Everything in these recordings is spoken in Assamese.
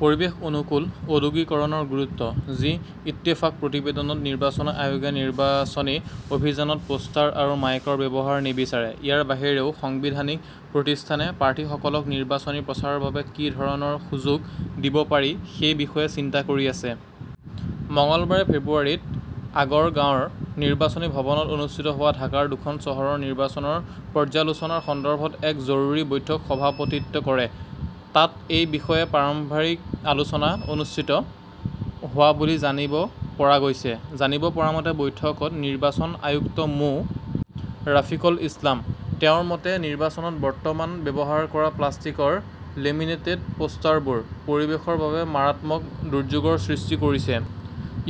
পৰিৱেশ অনুকূল ঔদ্যোগিকৰণৰ গুৰুত্ব জি ইত্তেফাক প্ৰতিবেদনত নিৰ্বাচন আয়োগে নিৰ্বাচনী অভিযানত পোষ্টাৰ আৰু মাইকৰ ব্যৱহাৰ নিবিচাৰে। ইয়াৰ বাহিৰেও সাংবিধানিক প্ৰতিষ্ঠানে প্ৰাৰ্থীসকলক নিৰ্বাচনী প্ৰচাৰৰ বাবে কি ধৰণৰ সুযোগ দিব পাৰি সেই বিষয়ে চিন্তা কৰি আছে। মঙলবাৰে ফেব্ৰুৱাৰীত আগৰগাঁওৰ নিৰ্বাচনী ভৱনত অনুষ্ঠিত হোৱা ঢাকাৰ দুখন চহৰৰ নিৰ্বাচনৰ পৰ্যালোচনাৰ সন্দৰ্ভত এক জৰুৰী বৈঠকত সভাপতিত্ব কৰে। তাত এই বিষয়ে প্ৰাৰম্ভিক আলোচনা অনুষ্ঠিত হোৱা বুলি জানিব পৰা গৈছে। জানিব পৰা মতে, বৈঠকত নিৰ্বাচন আয়ুক্ত মো. ৰাফিকল ইছলাম। তেওঁৰ মতে, নিৰ্বাচনত বৰ্তমান ব্যৱহাৰ কৰা প্লাষ্টিকৰ লেমিনেটেড পোষ্টাৰবোৰে পৰিৱেশৰ বাবে মাৰাত্মক দুৰ্যোগৰ সৃষ্টি কৰিছে।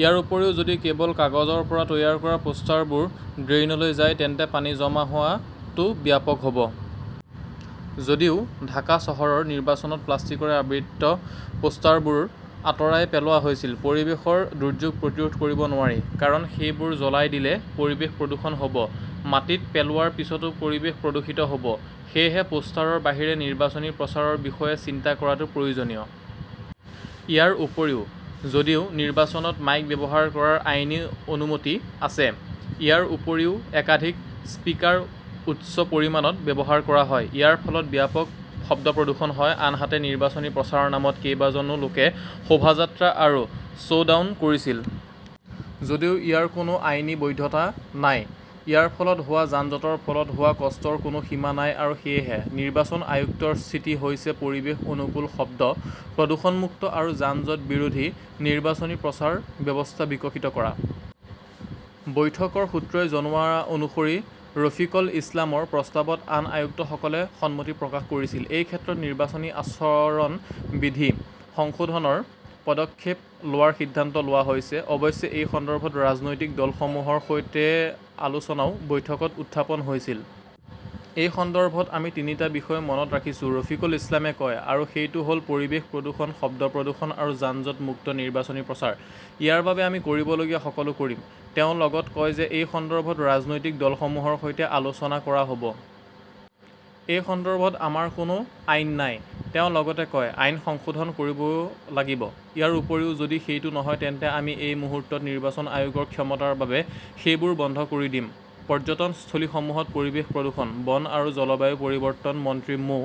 ইয়াৰ উপৰিও, যদি কেৱল কাগজৰ পৰা তৈয়াৰ কৰা পোষ্টাৰবোৰ ড্ৰেইনলৈ যায়, তেন্তে পানী জমা হোৱাটো ব্যাপক হ 'ব। যদিও ঢাকা চহৰৰ নিৰ্বাচনত প্লাষ্টিকৰে আবৃত পোষ্টাৰবোৰ আঁতৰাই পেলোৱা হৈছিল, পৰিৱেশৰ দুৰ্যোগ প্ৰতিৰোধ কৰিব নোৱাৰি। কাৰণ সেইবোৰ জ্বলাই দিলে পৰিৱেশ প্ৰদূষণ হ'ব। মাটিত পেলোৱাৰ পিছতো পৰিৱেশ প্ৰদূষিত হ'ব। সেয়েহে পোষ্টাৰৰ বাহিৰে নিৰ্বাচনী প্ৰচাৰৰ বিষয়ে চিন্তা কৰাটো প্ৰয়োজনীয়। ইয়াৰ উপৰিও, যদিও নিৰ্বাচনত মাইক ব্যৱহাৰ কৰাৰ আইনী অনুমতি আছে। ইয়াৰ উপৰিও একাধিক স্পিকাৰ উচ্চ পৰিমাণত ব্যৱহাৰ কৰা হয়। ইয়াৰ ফলত ব্যাপক শব্দ প্ৰদূষণ হয়। আনহাতে, নিৰ্বাচনী প্ৰচাৰৰ নামত কেইবাজনো লোকে শোভাযাত্ৰা আৰু শ্ব'ডাউন কৰিছিল। যদিও ইয়াৰ কোনো আইনী বৈধতা নাই। ইয়াৰ ফলত হোৱা যান-জঁটৰ ফলত হোৱা কষ্টৰ কোনো সীমা নাই আৰু সেয়েহে, নিৰ্বাচন আয়ুক্তৰ স্থিতি হৈছে পৰিৱেশ অনুকূল, শব্দ প্ৰদূষণমুক্ত আৰু যান-জঁট বিৰোধী নিৰ্বাচনী প্ৰচাৰ ব্যৱস্থা বিকশিত কৰা। বৈঠকৰ সূত্ৰই জনোৱা অনুসৰি ৰাফিকল ইছলামৰ প্ৰস্তাৱত আন আয়ুক্তসকলে সন্মতি প্ৰকাশ কৰিছিল। এই ক্ষেত্ৰত নিৰ্বাচনী আচৰণ বিধি সংশোধনৰ পদক্ষেপ লোৱাৰ সিদ্ধান্ত লোৱা হৈছে। অৱশ্যে, এই সন্দৰ্ভত ৰাজনৈতিক দলসমূহৰ সৈতে আলোচনাও বৈঠকত উত্থাপন হৈছিল। এই সন্দৰ্ভত আমি তিনিটা বিষয় মনত ৰাখিছো, ৰাফিকল ইছলামে কয়। আৰু সেইটো হ'ল-পৰিৱেশ প্ৰদূষণ, শব্দ প্ৰদূষণ আৰু যান-জঁট-মুক্ত নিৰ্বাচনী প্ৰচাৰ। ইয়াৰ বাবে আমি কৰিবলগীয়া সকলো কৰিম। তেওঁ লগতে কয় যে, এই সন্দৰ্ভত ৰাজনৈতিক দলসমূহৰ সৈতে আলোচনা কৰা হ'ব। এই সন্দৰ্ভত আমাৰ কোনো আইন নাই, তেওঁ লগতে কয়। আইন সংশোধন কৰিব লাগিব। ইয়াৰ উপৰিও, যদি সেইটো নহয়, তেন্তে আমি এই মুহূৰ্তত নিৰ্বাচন আয়োগৰ ক্ষমতাৰ বাবে সেইবোৰ বন্ধ কৰি দিম। পৰ্যটনস্থলীসমূহত পৰিৱেশ প্ৰদূষণ, বন আৰু জলবায়ু পৰিৱৰ্তন মন্ত্ৰী মো.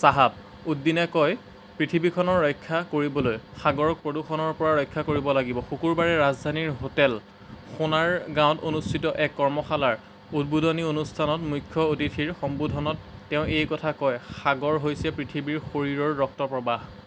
শ্বাহাব উদ্দিনে কয়, "পৃথিৱীখন ৰক্ষা কৰিবলৈ সাগৰক প্ৰদূষণৰ পৰা ৰক্ষা কৰিব লাগিব।" শুকুৰবাৰে ৰাজধানীৰ হোটেল সোনাৰগাঁৱত অনুষ্ঠিত এক কৰ্মশালাৰ উদ্বোধনী অনুষ্ঠানত মুখ্য অতিথিৰ সম্বোধনত তেওঁ এই কথা কয়,"সাগৰ হৈছে পৃথিৱীৰ শৰীৰৰ ৰক্ত প্ৰবাহ"।